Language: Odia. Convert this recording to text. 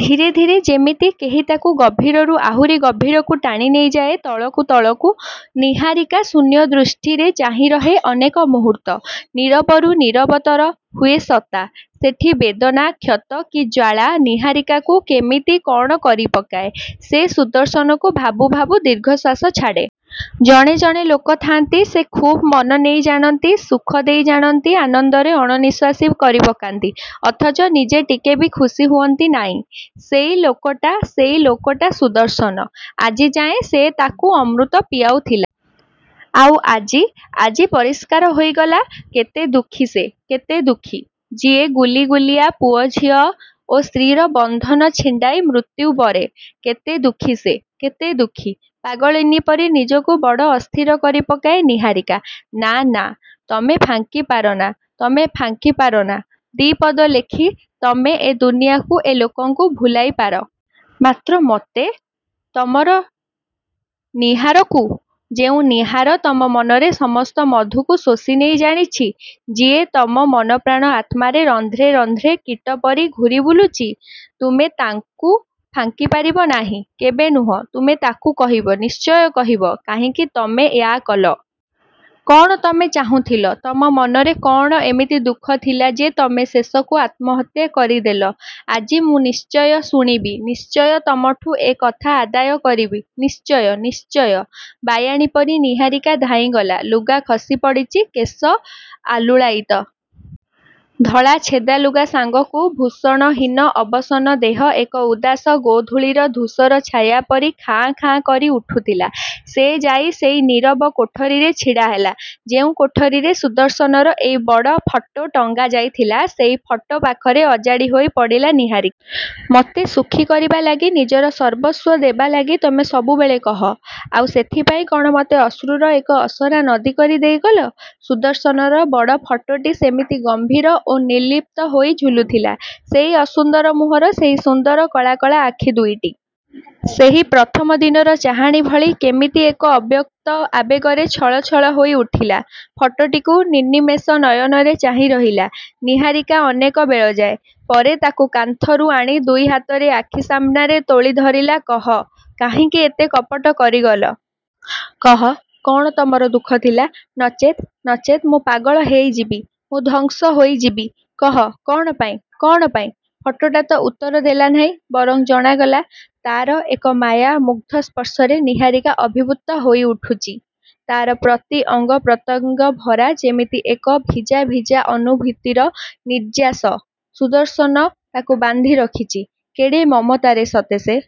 ଧୀରେ ଧୀରେ ଯେମିତି କେହି ତାକୁ ଗଭୀରରୁ ଆହୁରି ଗଭୀରକୁ ଟାଣିନେଇଯାଏ। ତଳକୁ ତଳକୁ। ନିହାରିକା ଶୂନ୍ୟଦୃଷ୍ଟିରେ ଚାହିଁରହେ ଅନେକ ମୁହୂର୍ତ୍ତ। ନୀରବରୁ ନୀରବତର ହୁଏ ସତ୍ତା। ସେଠି ବେଦନା, କ୍ଷତ, କି ଜ୍ୱାଳା ନିହାରିକାକୁ କେମିତି କଅଣ କରିପକାଏ-! ସେ ସୁଦର୍ଶନକୁ ଭାବୁ ଭାବୁ ଦୀର୍ଘଶ୍ୱାସ ଛାଡ଼େ। ଜଣେ ଜଣେ ଲୋକ ଥାଆନ୍ତି, ସେ ଖୁବ୍ ମନ ନେଇ ଜାଣନ୍ତି। ସୁଖ ଦେଇ ଜାଣନ୍ତି, ଆନନ୍ଦରେ ଅଣନିଃଶ୍ଵାସୀ କରିପକାନ୍ତି। ଅଥଚ ନିଜେ ଟିକେ ବି ଖୁସି ହୁଅନ୍ତି ନାଇଁ ସେଇ ଲୋକଟା, ସେଇ ଲୋକଟା ସୁଦର୍ଶନ। ଆଜି ଯାଏଁ ସେ ତାକୁ ଅମୃତ ପିଆଉଥିଲା। ଆଉ ଆଜି, ଆଜି ପରିଷ୍କାର ହୋଇଗଲା, କେତେ ଦୁଃଖୀ ସେ, କେତେ ଦୁଃଖୀ। ଯିଏ ଗୁଲିଗୁଲିଆ ପୁଅଝିଅ ଓ ସ୍ତ୍ରୀର ବନ୍ଧନ ଛିଣ୍ଡାଇ ମୃତ୍ୟୁ ବରେ, କେତେ ଦୁଃଖୀ ସେ! କେତେ ଦୁଃଖୀ! ପାଗଳିନୀ ପରି ନିଜକୁ ବଡ଼ ଅସ୍ଥିର କରିପକାଏ ନିହାରିକା। ନାଁ, ନାଁ ତମେ ଫାଙ୍କି ପାର ନା, ତମେ ଫାଙ୍କି ପାର ନା, ଦି ପଦ ଲେଖି, ତମେ ଏ ଦୁନିଆକୁ, ଏ ଲୋକଙ୍କୁ ଭୁଲାଇପାର। ମାତ୍ର ମୋତେ? ତମର ନିହାରକୁ? ଯେଉଁ ନିହାର, ତମ ମନର ସମସ୍ତ ମଧୁକୁ ଶୋଷିନେଇ ଜାଣିଛି, ଯିଏ ତମ ମନପ୍ରାଣ ଆତ୍ମାରେ ରନ୍ଧ୍ରେ ରନ୍ଧ୍ରେ କୀଟ ପରି ଘୂରିବୁଲୁଚି, ତମେ ତାକୁ ଫାଙ୍କିପାରିବ ନାହିଁ, କେବେ ନୁହଁ, ତମେ ତାକୁ କହିବ; ନିଶ୍ଚୟ କହିବ। କାହିଁକି ତମେ ୟା କଲ? କଣ ତମେ ଚାହୁଁଥିଲ? ତମ ମନରେ କ'ଣ ଏମିତି ଦୁଃଖ ଥିଲା ଯେ ତମେ ଶେଷକୁ ଆତ୍ମହତ୍ୟା କରିଦେଲ? ଆଜି ମୁଁ ନିଶ୍ଚୟ ଶୁଣିବି। ନିଶ୍ଚୟ ତମଠୁ ଏ କଥା ଆଦାୟ କରିବି। ନିଶ୍ଚୟ, ନିଶ୍ଚୟ। ବାୟାଣୀ ପରି ନିହାରିକା ଧାଇଁଗଲା। ଲୁଗା ଖସି ପଡ଼ିଚି, କେଶ ଆଲୁଳାୟିତ। ଧଳା ଛେଦାଲୁଗା ସାଙ୍ଗକୁ ଭୂଷଣହୀନ ଅବସନ୍ନ ଦେହ ଏକ ଉଦାସ ଗୋଧୂଳିର ଧୂସର ଛାୟା ପରି ଖାଁ ଖାଁ କରି ଉଠୁଥିଲା। ସେ ଯାଇ ସେଇ ନୀରବ କୋଠରୀରେ ଛିଡ଼ାହେଲା; ଯେଉଁ କୋଠରୀରେ ସୁଦର୍ଶନର ଏକ ବଡ଼ ଫଟୋ ଟଙ୍ଗା ଯାଇଥିଲା। ସେଇ ଫଟୋ ପାଖରେ ଅଜାଡ଼ି ହୋଇ ପଡ଼ିଲା ନିହାରିକା। ମତେ ସୁଖୀ କରିବା ଲାଗି, ନିଜର ସର୍ବସ୍ଵ ଦେବା ଲାଗି ତମେ ସବୁବେଳେ କହ, ଆଉ ସେଥିପାଇଁ କଣ ମତେ ଅଶ୍ରୁର ଏକ ଅସରା ନଦୀ କରି ଦେଇଗଲ? ସୁଦର୍ଶନର ବଡ଼ ଫଟୋଟି ସେମିତି ଗମ୍ଭୀର ଓ ନିର୍ଲିପ୍ତ ହୋଇ ଝୁଲୁଥିଲା। ସେଇ ଅସୁନ୍ଦର ମୁହଁର ସେହି ସୁନ୍ଦର କଳା କଳା ଆଖି ଦୁଇଟି। ସେହି ପ୍ରଥମ ଦିନର ଚାହାଣି ଭଳି କେମିତି ଏକ ଅବ୍ୟକ୍ତ ଆବେଗରେ ଛଳ ଛଳ ହୋଇ ଉଠିଲା। ଫଟୋଟିକୁ ନିର୍ନିମେଷ ନୟନରେ ଚାହିଁରହିଲା ନିହାରିକା ଅନେକ ବେଳଯାଏ। ପରେ ତାକୁ କାନ୍ଥରୁ ଆଣି ଦୁଇ ହାତରେ ଆଖି ସାମ୍ନାରେ ତୋଳି ଧରିଲା-କହ, କାହିଁକି ଏତେ କପଟ କରି ଗଲ? କହ, କ'ଣ ତମର ଦୁଃଖ ଥିଲା-? ନଚେତ୍, ନଚେତ୍ ମୁଁ ପାଗଳ ହେଇଯିବି, ମୁଁ ଧ୍ଵଂସ ହୋଇଯିବି! କହ କ'ଣପାଇଁ, କ'ଣ ପାଇଁ-? ଫଟୋଟା ତ ଉତ୍ତର ଦେଲା ନାହିଁ, ବରଂ ଜଣାଗଲା, ତାର ଏକ ମାୟା-ମୁଗ୍ଧ ସ୍ପର୍ଶରେ ନିହାରିକା ଅଭିଭୂତ ହୋଇ ଉଠୁଚି। ତାର ପ୍ରତି ଅଙ୍ଗପ୍ରତ୍ୟଙ୍ଗ ଭରା ଯେମିତି ଏକ ଭିଜା ଭିଜା ଅନୁଭୂତିର ନିର୍ଯ୍ୟାସ। ସୁଦର୍ଶନ ତାକୁ ବାନ୍ଧି ରଖିଚି, କେଡ଼େ ମମତାରେ ସତେ ସେ